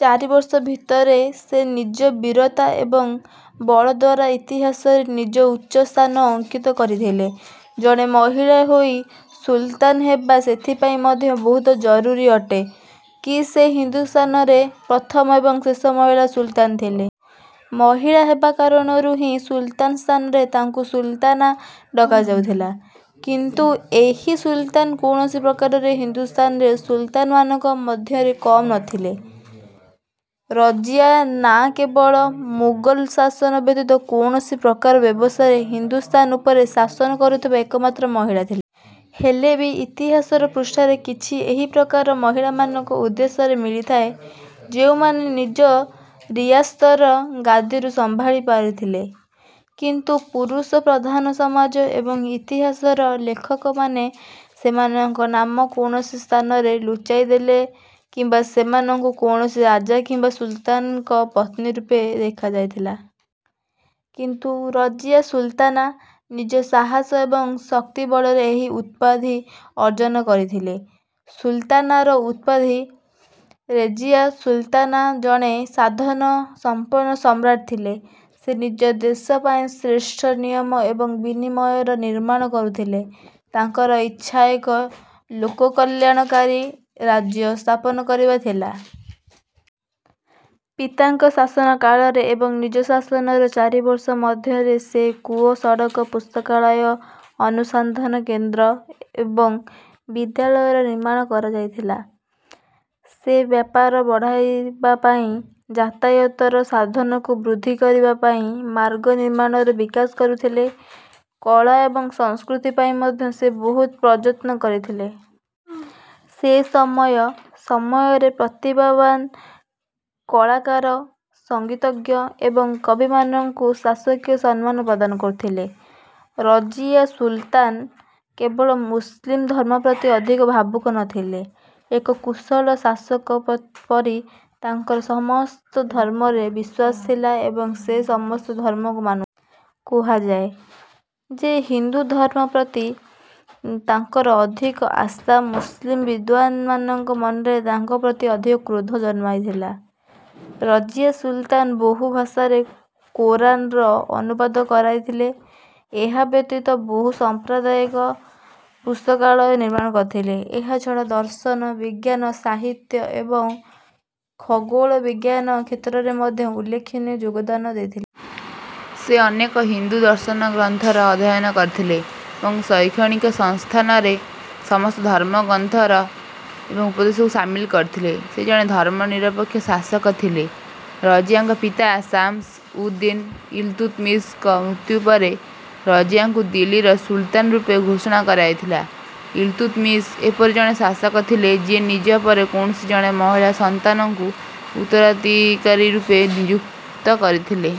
ଚାରି ବର୍ଷ ଭିତରେ ସେ ନିଜ ବୀରତା ଏବଂ ବଳ ଦ୍ୱାରା ଇତିହାସରେ ନିଜ ଉଚ୍ଚ ସ୍ଥାନ ଅଙ୍କିତ କରିଥିଲେ। ଜଣେ ମହିଳା ହୋଇ ସୁଲତାନ୍ ହେବା ସେଥିପାଇଁ ମଧ୍ୟ ବୋହୁତ ଜରୁରୀ ଅଟେ କି ସେ ହିନ୍ଦୁସ୍ଥାନର ପ୍ରଥମ ଏବଂ ଶେଷ ମହିଳା ସୁଲତାନ୍ ଥିଲେ। ମହିଳା ହେବା କାରଣରୁ ହିଁ ସୁଲତାନ୍ ସ୍ଥାନରେ ତାଙ୍କୁ ସୁଲତାନା ଡକାଯାଉଥିଲା। କିନ୍ତୁ ଏହି ସୁଲତାନା କୌଣସି ପ୍ରକାରେ ହିନ୍ଦୁସ୍ଥାନର ସୁଲତାନ୍‌ମାନଙ୍କ ମଧ୍ୟରେ କମ୍ ନଥିଲେ। ରଜିୟା ନା କେବଳ ମୁଗଲ ଶାସନ ବ୍ୟତୀତ କୌଣସି ପ୍ରକାର ବ୍ୟବସ୍ଥାରେ ହିନ୍ଦୁସ୍ଥାନ ଉପରେ ଶାସନ କରୁଥିବା ଏକମାତ୍ର ମହିଳା ଥିଲେ। ହେଲେ ବି ଇତିହାସର ପୃଷ୍ଠାରେ କିଛି ଏହିପ୍ରକାର ମହିଳାମାନଙ୍କ ଉଦ୍ଦେଶ୍ୟରେ ମିଳିଥାଏ ଯେଉଁମାନେ ନିଜ ରିୟାସ୍ତର ଗାଦିକୁ ସମ୍ଭାଳିଥିଲେ। କିନ୍ତୁ ପୁରୁଷ ପ୍ରଧାନ ସମାଜ ଏବଂ ଇତିହାସର ଲେଖକମାନେ ସେମାନଙ୍କ ନାମ କୌଣସି ସ୍ଥାନରେ ଲୁଚାଇଦେଲେ କିମ୍ବା ସେମାନଙ୍କୁ କୌଣସି ରାଜା କିମ୍ବା ସୁଲତାନ୍‌ଙ୍କ ପତ୍ନୀ ରୂପେ ଦେଖାଯାଇଥିଲା। କିନ୍ତୁ ରଜିୟା ସୁଲତାନା ନିଜ ସାହସ ଏବଂ ଶକ୍ତି ବଳରେ ଏହି ଉପାଧି ଅର୍ଜନ କରିଥିଲେ ସୁଲତାନାର ଉପାଧି। ରେଜିୟା ସୁଲତାନା ଜଣେ ସାଧନ ସମ୍ପନ୍ନ ସମ୍ରାଟ ଥିଲେ। ସେ ନିଜ ଦେଶ ପାଇଁ ଶ୍ରେଷ୍ଠ ନିୟମ ଏବଂ ବିନିୟମର ନିର୍ମାଣ କରିଥିଲେ। ତାଙ୍କର ଇଚ୍ଛା ଏକ ଲୋକକଲ୍ୟାଣକାରୀ ରାଜ୍ୟ ସ୍ଥାପନ କରିବାର ଥିଲା। ପିତାଙ୍କ ଶାସନ କାଳରେ ଏବଂ ନିଜ ଶାସନର ଚାରି ବର୍ଷ ମଧ୍ୟରେ ସେ କୂଅ, ସଡ଼କ, ପୁସ୍ତକାଳୟ, ଅନୁସନ୍ଧାନ କେନ୍ଦ୍ର ଏବଂ ବିଦ୍ୟାଳୟର ନିର୍ମାଣ କରାଇଥିଲେ। ସେ ବ୍ୟାପାର ବଢ଼ାଇବା ପାଇଁ ଯାତାୟାତର ସାଧନକୁ ବୃଦ୍ଧି କରିବା ପାଇଁ ମାର୍ଗ ନିର୍ମାଣର ବିକାଶ କରିଥିଲେ। କଳା ଏବଂ ସଂସ୍କୃତି ପାଇଁ ମଧ୍ୟ ସେ ବହୁ ପ୍ରଯତ୍ନ କରିଥିଲେ। ସେ ସମୟ ସମୟରେ ପ୍ରତିଭାବାନ୍ କଳାକାର, ସଙ୍ଗୀତଜ୍ଞ ଏବଂ କବିମାନଙ୍କୁ ଶାସକୀୟ ସମ୍ମାନ ପ୍ରଦାନ କରୁଥିଲେ। ରଜିୟା ସୁଲତାନ୍ କେବଳ ମୁସଲିମ୍ ଧର୍ମ ପ୍ରତି ଅଧିକ ଭାବୁକ ନଥିଲେ। ଏକ କୁଶଳ ଶାସକ ପ ପରି ତାଙ୍କର ସମସ୍ତ ଧର୍ମରେ ବିଶ୍ୱାସ ଥିଲା ଏବଂ ସେ ସମସ୍ତ ଧର୍ମକୁ ମାନୁ କୁହାଯାଏ ଯେ ହିନ୍ଦୁ ଧର୍ମ ପ୍ରତି ତାଙ୍କର ଅଧିକ ଆସ୍ଥା ମୁସଲିମ୍ ବିଦ୍ୱାନ୍‌ମାନଙ୍କ ମନରେ ତାଙ୍କ ପ୍ରତି ଅଧିକ କ୍ରୋଧ ଜନ୍ମାଇଥିଲା। ରଜିୟା ସୁଲତାନ୍ ବହୁ ଭାଷାରେ କୋରାନ୍‌ର ଅନୁବାଦ କରାଇଥିଲେ। ଏହା ବ୍ୟତୀତ ବହୁ ସାମ୍ପ୍ରଦାୟିକ ପୁସ୍ତକାଳୟର ନିର୍ମାଣ କରିଥିଲେ। ଏହା ଛଡ଼ା ଦର୍ଶନ, ବିଜ୍ଞାନ, ସାହିତ୍ୟ ଏବଂ ଖଗୋଳ ବିଜ୍ଞାନ କ୍ଷେତ୍ରରେ ମଧ୍ୟ ଉଲ୍ଲେଖନୀୟ ଯୋଗଦାନ ଦେଇଥିଲେ। ସେ ଅନେକ ହିନ୍ଦୁ ଦର୍ଶନଗ୍ରନ୍ଥର ଅଧ୍ୟୟନ କରିଥିଲେ ଏବଂ ଶୈକ୍ଷଣିକ ସଂସ୍ଥାନରେ ସମସ୍ତ ଧର୍ମର ଗ୍ରନ୍ଥ ଏବଂ ଉପଦେଶକୁ ସାମିଲ କରିଥିଲେ। ସେ ଜଣେ ଧର୍ମନିରପେକ୍ଷ ଶାସକ ଥିଲେ। ରଜିୟାଙ୍କ ପିତା ଶାମ୍ସ-ଉଦ୍-ଦିନ୍-ଇଲ୍‌ତୁତ୍‌ମିଶଙ୍କ ମୃତ୍ୟୁ ପରେ, ରଜିୟାଙ୍କୁ ଦିଲ୍ଲୀର ସୁଲତାନ୍ ରୂପେ ଘୋଷଣା କରାଯାଇଥିଲା। ଇଲ୍‌ତୁତ୍‌ମିଶ ଏପରି ଜଣେ ଶାସକ ଥିଲେ ଯିଏ ନିଜ ପରେ କୌଣସି ଜଣେ ମହିଳା ସନ୍ତାନଙ୍କୁ ଉତ୍ତରାଧିକାରୀ ରୂପେ ନିଯୁକ୍ତ କରିଥିଲେ।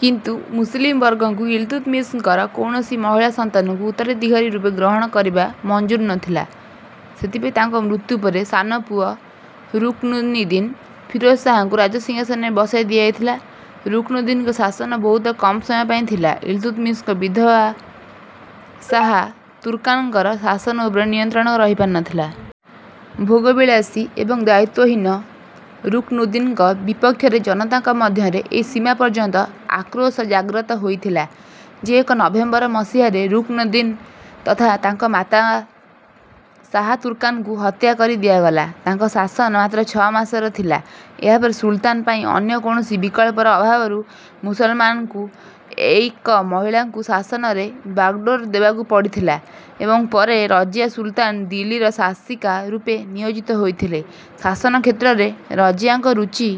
କିନ୍ତୁ ମୁସଲିମ୍ ବର୍ଗଙ୍କୁ ଇଲ୍‌ତୁତ୍‌ମିଶଙ୍କର କୌଣସି ମହିଳା ସନ୍ତାନଙ୍କୁ ଉତ୍ତରାଧିକାରୀ ରୂପେ ଗ୍ରହଣ କରିବା ମଞ୍ଜୁର ନଥିଲା। ସେଥିପାଇଁ ତାଙ୍କ ମୃତ୍ୟୁ ପରେ ସାନ ପୁଅ ରୁକ୍‌ନୁଦ୍ଦୀନ୍ ଫିରୋଜ ଶାହଙ୍କୁ ରାଜସିଂହାସନରେ ବସାଇ ଦିଆଯାଇଥିଲା। ରୁକ୍‌ନୁଦ୍ଦୀନ୍‌ଙ୍କ ଶାସନ ବହୁତ କମ୍ ସମୟ ପାଇଁ ଥିଲା। ଇଲ୍‌ତୁତ୍‌ମିଶଙ୍କ ବିଧବା ଶାହା ତୁର୍କାନ୍‌ଙ୍କର ଶାସନ ଉପରେ ନିୟନ୍ତ୍ରଣ ରହିପାରିନଥିଲା। ଭୋଗବିଳାସୀ ଏବଂ ଦାୟିତ୍ୱହୀନ ରୁକ୍‌ନୁଦ୍ଦୀନ୍‌ଙ୍କ ବିପକ୍ଷରେ ଜନତାଙ୍କ ମଧ୍ୟରେ ଏହି ସୀମା ପର୍ଯ୍ୟନ୍ତ ଆକ୍ରୋଶ ଜାଗ୍ରତ ହୋଇଥିଲା ଯେ ଏକ ନଭେମ୍ବର ମସିହାରେ ରୁକ୍‌ନୁଦ୍ଦୀନ୍ ତଥା ତାଙ୍କ ମାତା ଶାହା ତୁର୍କାନ୍‌ଙ୍କୁ ହତ୍ୟା କରିଦିଆଗଲା। ତାଙ୍କ ଶାସନ ମାତ୍ର ଛଅ ମାସର ଥିଲା। ଏହା ପରେ ସୁଲତାନ୍ ପାଇଁ ଅନ୍ୟ କୌଣସି ବିକଳ୍ପର ଅଭାବରୁ ମୁସଲମାନମାନଙ୍କୁ ଏଇକ ମହିଳାଙ୍କୁ ଶାସନର ବାଗଡୋର ଦେବାକୁ ପଡ଼ିଥିଲା ଏବଂ ପରେ ରଜିୟା ସୁଲତାନ୍ ଦିଲ୍ଲୀର ଶାସିକା ରୂପେ ନିୟୋଜିତ ହୋଇଥିଲେ। ଶାସନ କ୍ଷେତ୍ରରେ ରଜିୟାଙ୍କ ରୁଚି